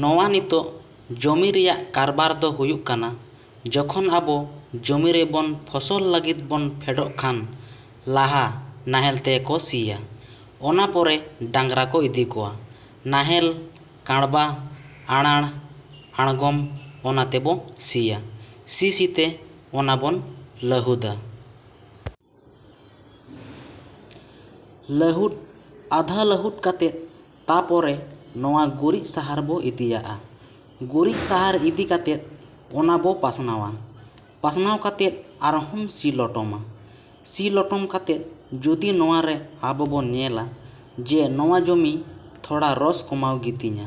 ᱱᱚᱣᱟ ᱱᱤᱛᱚᱜ ᱡᱚᱢᱤ ᱨᱮᱭᱟᱜ ᱠᱟᱨᱵᱟᱨᱫᱚ ᱦᱩᱭᱩᱜ ᱠᱟᱱᱟ, ᱡᱚᱠᱷᱚᱱ ᱟᱵᱚ ᱡᱚᱢᱤᱨᱮ ᱵᱚᱱ ᱯᱷᱚᱥᱚᱞ ᱞᱟᱹᱜᱤᱫ ᱵᱚᱱ ᱯᱷᱮᱰᱚᱜ ᱠᱷᱟᱱ ᱞᱟᱦᱟ ᱱᱟᱦᱮᱞᱛᱮ ᱠᱚ ᱥᱤᱭᱟ᱾ ᱚᱱᱟ ᱯᱚᱨᱮ ᱰᱟᱝᱨᱟ ᱠᱚ ᱤᱫᱤ ᱠᱚᱣᱟ, ᱱᱟᱦᱮᱞ, ᱠᱟᱬᱵᱟ, ᱟᱬᱟᱲ, ᱟᱲᱜᱚᱢ ᱚᱱᱟᱛᱮᱵᱚ ᱥᱤᱭᱟ᱾ ᱥᱤ ᱥᱤᱛᱮ ᱚᱱᱟᱵᱚᱱ ᱞᱟᱹᱦᱩᱫᱟ᱾ ᱞᱟᱹᱦᱩᱫ ᱟᱫᱷᱟ ᱞᱟᱹᱦᱩᱫ ᱠᱟᱛᱮᱫ ᱛᱟᱯᱚᱨᱮ ᱱᱚᱣᱟ ᱜᱩᱨᱤᱡ ᱥᱟᱦᱟᱨᱵᱚ ᱤᱫᱤᱭᱟᱜᱼᱟ᱾ ᱜᱩᱨᱤᱡ ᱥᱟᱦᱟᱨ ᱤᱫᱤ ᱠᱟᱛᱮᱫ ᱚᱱᱟᱵᱚ ᱯᱟᱥᱱᱟᱣᱟ᱾ ᱯᱟᱥᱱᱟᱣ ᱠᱟᱛᱮᱫ ᱟᱨᱦᱚᱢ ᱥᱤ ᱞᱚᱴᱚᱢᱟ᱾ ᱥᱤ ᱞᱚᱴᱚᱢ ᱠᱟᱛᱮᱫ ᱡᱚᱫᱤ ᱱᱚᱣᱟᱨᱮ ᱟᱵᱚ ᱵᱚᱱ ᱧᱮᱞᱟ ᱡᱮ ᱱᱚᱣᱟ ᱡᱚᱢᱤ ᱛᱷᱚᱲᱟ ᱨᱚᱥ ᱠᱚᱢᱟᱣ ᱜᱤᱛᱤᱧᱟ,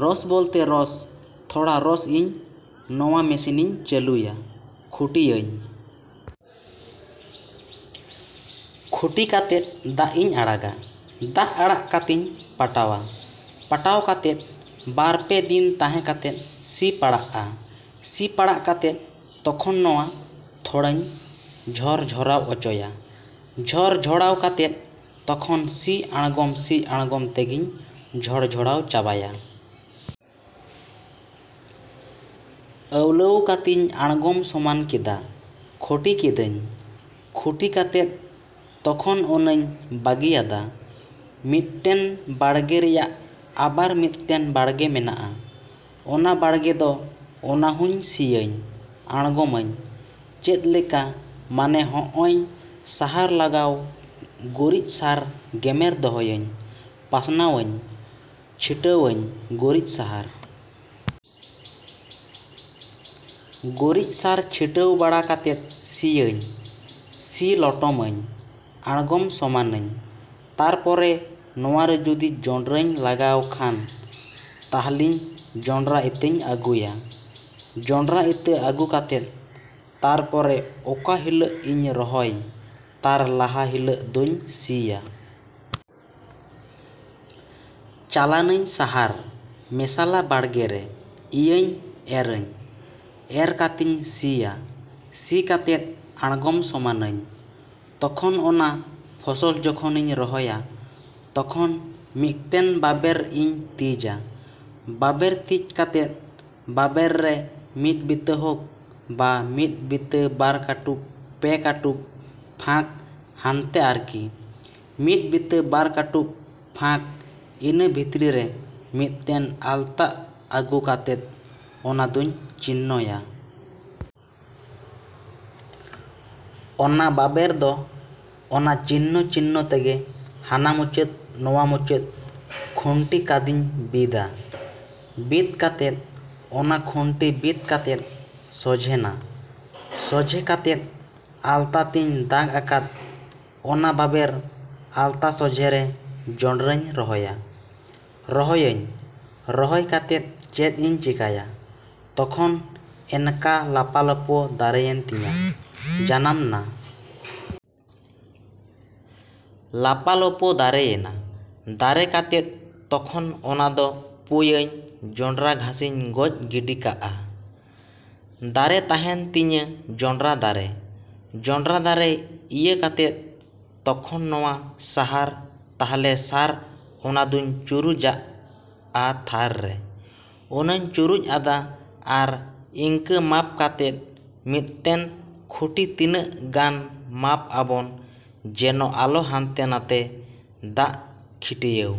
ᱨᱚᱥ ᱵᱚᱞᱛᱮ ᱨᱚᱥ ᱛᱷᱚᱲᱟ ᱨᱚᱥ ᱤᱧ ᱱᱚᱣᱟ ᱢᱮᱥᱤᱱᱤᱧ ᱪᱟᱹᱞᱩᱭᱟ, ᱠᱷᱩᱴᱤᱭᱟᱹᱧ᱾ ᱠᱷᱩᱴᱤ ᱠᱟᱛᱮᱫ ᱫᱟᱜ ᱤᱧ ᱟᱲᱟᱜᱟ᱾ ᱫᱟᱜ ᱟᱲᱟᱜ ᱠᱟᱛᱮᱧ ᱯᱟᱴᱟᱣᱟ᱾ ᱯᱟᱴᱟᱣ ᱠᱟᱛᱮᱫ ᱵᱟᱨᱼᱯᱮ ᱫᱤᱱ ᱛᱟᱦᱮᱸ ᱠᱟᱛᱮᱫ ᱥᱤ ᱯᱟᱲᱟᱜᱼᱟ᱾ ᱥᱤ ᱯᱟᱲᱟᱜ ᱠᱟᱛᱮᱫ ᱛᱚᱠᱷᱚᱱ ᱱᱚᱣᱟ ᱛᱷᱚᱲᱟᱧ ᱡᱷᱚᱨᱼᱡᱷᱚᱨᱟᱣ ᱚᱪᱚᱭᱟ᱾ ᱡᱷᱚᱨᱼᱡᱷᱚᱲᱟᱣ ᱠᱟᱛᱮᱫ ᱛᱚᱠᱷᱚᱱ ᱥᱤ ᱟᱲᱜᱚᱢ ᱥᱤ ᱟᱲᱜᱚᱢ ᱛᱮᱜᱮᱧ ᱡᱷᱚᱲ-ᱡᱷᱚᱲᱟᱣ ᱪᱟᱵᱟᱭᱟ᱾ ᱟᱹᱣᱞᱟᱹᱣ ᱠᱟᱛᱮᱧ ᱟᱲᱜᱚᱢ ᱥᱚᱢᱟᱱ ᱠᱮᱫᱟ, ᱠᱷᱩᱴᱤ ᱠᱮᱫᱟᱹᱧ᱾ ᱠᱷᱩᱴᱤ ᱠᱟᱛᱮᱫ ᱛᱚᱠᱷᱚᱱ ᱚᱱᱟᱧ ᱵᱟᱹᱜᱤᱭᱟᱫᱟ᱾ ᱢᱤᱫᱴᱮᱱ ᱵᱟᱲᱜᱮ ᱨᱮᱭᱟᱜ ᱟᱵᱟᱨ ᱢᱤᱫᱴᱮᱱ ᱵᱟᱲᱜᱮ ᱢᱮᱱᱟᱜᱼᱟ᱾ ᱚᱱᱟ ᱵᱟᱲᱜᱮᱫᱚ ᱚᱱᱟᱦᱚᱸ ᱥᱤᱭᱟᱹᱧ, ᱟᱲᱜᱚᱢᱟᱹᱧ᱾ ᱪᱮᱫᱞᱮᱠᱟ ᱢᱟᱱᱮ ᱦᱚᱸᱜᱼᱚᱭ ᱥᱟᱦᱟᱨ ᱞᱟᱜᱟᱣ ᱜᱩᱨᱤᱡ ᱥᱟᱨ ᱜᱮᱢᱮᱨ ᱫᱚᱦᱚᱭᱟᱹᱧ, ᱯᱟᱥᱱᱟᱣᱟᱹᱧ, ᱪᱷᱤᱴᱟᱹᱣᱟᱹᱧ ᱜᱩᱨᱤᱡ ᱥᱟᱦᱟᱨ᱾ ᱜᱩᱨᱤᱡ ᱥᱟᱨ ᱪᱷᱤᱴᱟᱹᱣ ᱵᱟᱲᱟ ᱠᱟᱛᱮᱫ ᱥᱤᱭᱟᱹᱧ, ᱥᱤ ᱞᱚᱴᱚᱢᱟᱹᱧ, ᱟᱲᱜᱚᱢ ᱥᱚᱢᱟᱱᱟᱹᱧ᱾ ᱛᱟᱨᱯᱚᱨᱮ ᱱᱚᱣᱟᱨᱮ ᱡᱩᱫᱤ ᱡᱚᱸᱰᱨᱟᱧ ᱞᱟᱜᱟᱣ ᱠᱷᱟᱱ, ᱛᱟᱦᱚᱞᱮᱧ ᱡᱚᱸᱰᱨᱟ ᱤᱛᱟᱹᱧ ᱟᱹᱜᱩᱭᱟ᱾ ᱡᱚᱸᱰᱨᱟ ᱤᱛᱟᱹ ᱟᱹᱜᱩ ᱠᱟᱛᱮᱫ, ᱛᱟᱨᱯᱚᱨᱮ ᱚᱠᱟ ᱦᱤᱞᱟᱹᱜᱤᱧ ᱨᱚᱦᱚᱭ ᱛᱟᱨ ᱞᱟᱦᱟ ᱦᱤᱞᱟᱹᱜ ᱫᱚᱧ ᱥᱤᱭᱟ᱾ ᱪᱟᱞᱟᱱᱟᱹᱧ ᱥᱟᱦᱟᱨ ᱢᱮᱥᱟᱞᱟ ᱵᱟᱲᱜᱮᱨᱮ ᱤᱭᱟᱹᱧ ᱮᱨᱟᱧ᱾ ᱮᱨ ᱠᱟᱛᱮᱧ ᱥᱤᱭᱟ᱾ ᱥᱤ ᱠᱟᱛᱮᱫ ᱟᱲᱜᱚᱢ ᱥᱚᱢᱟᱱᱟᱹᱧ᱾ ᱛᱚᱠᱷᱚᱱ ᱚᱱᱟ ᱯᱷᱚᱥᱚᱞ ᱡᱚᱠᱷᱚᱱᱤᱧ ᱨᱚᱦᱚᱭᱟ ᱛᱚᱠᱷᱚᱱ ᱢᱤᱫᱴᱮᱱ ᱵᱟᱵᱮᱨ ᱤᱧ ᱛᱤᱡᱟ᱾ ᱵᱟᱵᱮᱨ ᱛᱤᱡ ᱠᱟᱛᱮᱫ ᱵᱟᱵᱮᱨ ᱨᱮ ᱢᱤᱫ ᱵᱤᱛᱟᱹ ᱦᱳᱠ ᱵᱟ ᱢᱤᱫ ᱵᱤᱛᱟᱹ ᱵᱟᱨ ᱠᱟᱹᱴᱩᱵ ᱯᱮ ᱠᱟᱹᱴᱩᱵ ᱯᱷᱟᱸᱠ ᱦᱟᱱᱛᱮ ᱟᱨᱠᱤ ᱢᱤᱫ ᱵᱤᱛᱟᱹ ᱵᱟᱨ ᱠᱟᱹᱴᱩᱵ ᱯᱮ ᱠᱟᱹᱴᱩᱵ ᱯᱷᱟᱸᱠ ᱤᱱᱟᱹ ᱵᱷᱤᱛᱤᱨ ᱨᱮ ᱢᱤᱫᱴᱮᱱ ᱟᱞᱛᱟ ᱟᱹᱜᱩ ᱠᱟᱛᱮᱫ ᱚᱱᱟᱫᱚᱧ ᱪᱤᱱᱱᱚᱭᱟ᱾ ᱚᱱᱟ ᱵᱟᱵᱮᱨᱫᱚ ᱚᱱᱟ ᱪᱤᱱᱱᱚ-ᱪᱤᱱᱱᱚ ᱛᱮᱜᱮ ᱦᱟᱱᱟ ᱢᱩᱪᱟᱹᱫ ᱱᱚᱣᱟ ᱢᱩᱪᱟᱹᱫ ᱠᱷᱩᱱᱴᱤ ᱠᱟᱫᱤᱧ ᱵᱤᱫᱟ᱾ ᱵᱤᱫ ᱠᱟᱛᱮᱫ ᱚᱱᱟ ᱠᱷᱩᱱᱴᱤ ᱵᱤᱫ ᱠᱟᱛᱮᱫ ᱥᱳᱡᱷᱮᱱᱟ, ᱥᱚᱡᱷᱮ ᱠᱟᱛᱮᱫ ᱟᱞᱛᱟ ᱛᱮᱧ ᱫᱟᱜᱽ ᱟᱠᱟᱫ ᱚᱱᱟ ᱵᱟᱵᱮᱨ ᱟᱞᱛᱟ ᱥᱚᱡᱷᱮᱨᱮ ᱡᱚᱸᱰᱨᱟᱧ ᱨᱚᱦᱚᱭᱟ᱾ ᱨᱚᱦᱚᱭᱟᱹᱧ, ᱨᱚᱦᱚᱭ ᱠᱟᱛᱮᱫ ᱪᱮᱫᱼᱤᱧ ᱪᱮᱠᱟᱭᱟ ᱛᱚᱠᱷᱚᱱ ᱮᱱᱠᱟ ᱞᱟᱯᱟᱞᱳᱯᱳ ᱫᱟᱨᱮᱭᱮᱱ ᱛᱤᱧᱟᱹ, ᱡᱟᱱᱟᱢᱱᱟ᱾ ᱞᱟᱯᱟᱞᱳᱯᱳ ᱫᱟᱨᱮᱭᱱᱟ᱾ ᱫᱟᱨᱮ ᱠᱟᱛᱮᱫ ᱛᱚᱠᱷᱚᱱ ᱚᱱᱟᱫᱚ ᱯᱩᱭᱟᱹᱧ ᱡᱚᱸᱰᱨᱟ ᱜᱷᱟᱥᱤᱧ ᱜᱚᱡ ᱜᱤᱰᱤ ᱠᱟᱜᱼᱟ᱾ ᱫᱟᱨᱮ ᱛᱟᱦᱮᱱ ᱛᱤᱧᱟᱹ ᱡᱚᱸᱰᱨᱟ ᱫᱟᱨᱮ᱾ ᱡᱚᱸᱰᱨᱟ ᱫᱟᱨᱮ ᱤᱭᱟᱹ ᱠᱟᱛᱮᱫ ᱛᱚᱠᱷᱚᱱ ᱱᱚᱣᱟ ᱥᱟᱦᱟᱨ ᱛᱟᱦᱚᱞᱮ ᱥᱟᱨ ᱚᱱᱟᱫᱚᱧ ᱪᱩᱨᱩᱡᱟᱜᱼᱟ ᱛᱷᱟᱨ ᱨᱮ᱾ ᱚᱱᱟᱧ ᱪᱩᱨᱩᱡᱼᱟᱫᱟ ᱟᱨ ᱤᱝᱠᱟ ᱢᱟᱯ ᱠᱟᱛᱮᱫ ᱢᱤᱫᱴᱮᱱ ᱠᱷᱩᱴᱤ ᱛᱤᱱᱟᱹᱜ ᱜᱟᱱ ᱢᱟᱯ ᱟᱵᱚᱱ ᱡᱮᱱᱚ ᱟᱞᱚ ᱦᱟᱱᱛᱮ ᱱᱟᱛᱮ ᱫᱟᱜ ᱠᱷᱴᱤᱭᱟᱣ᱾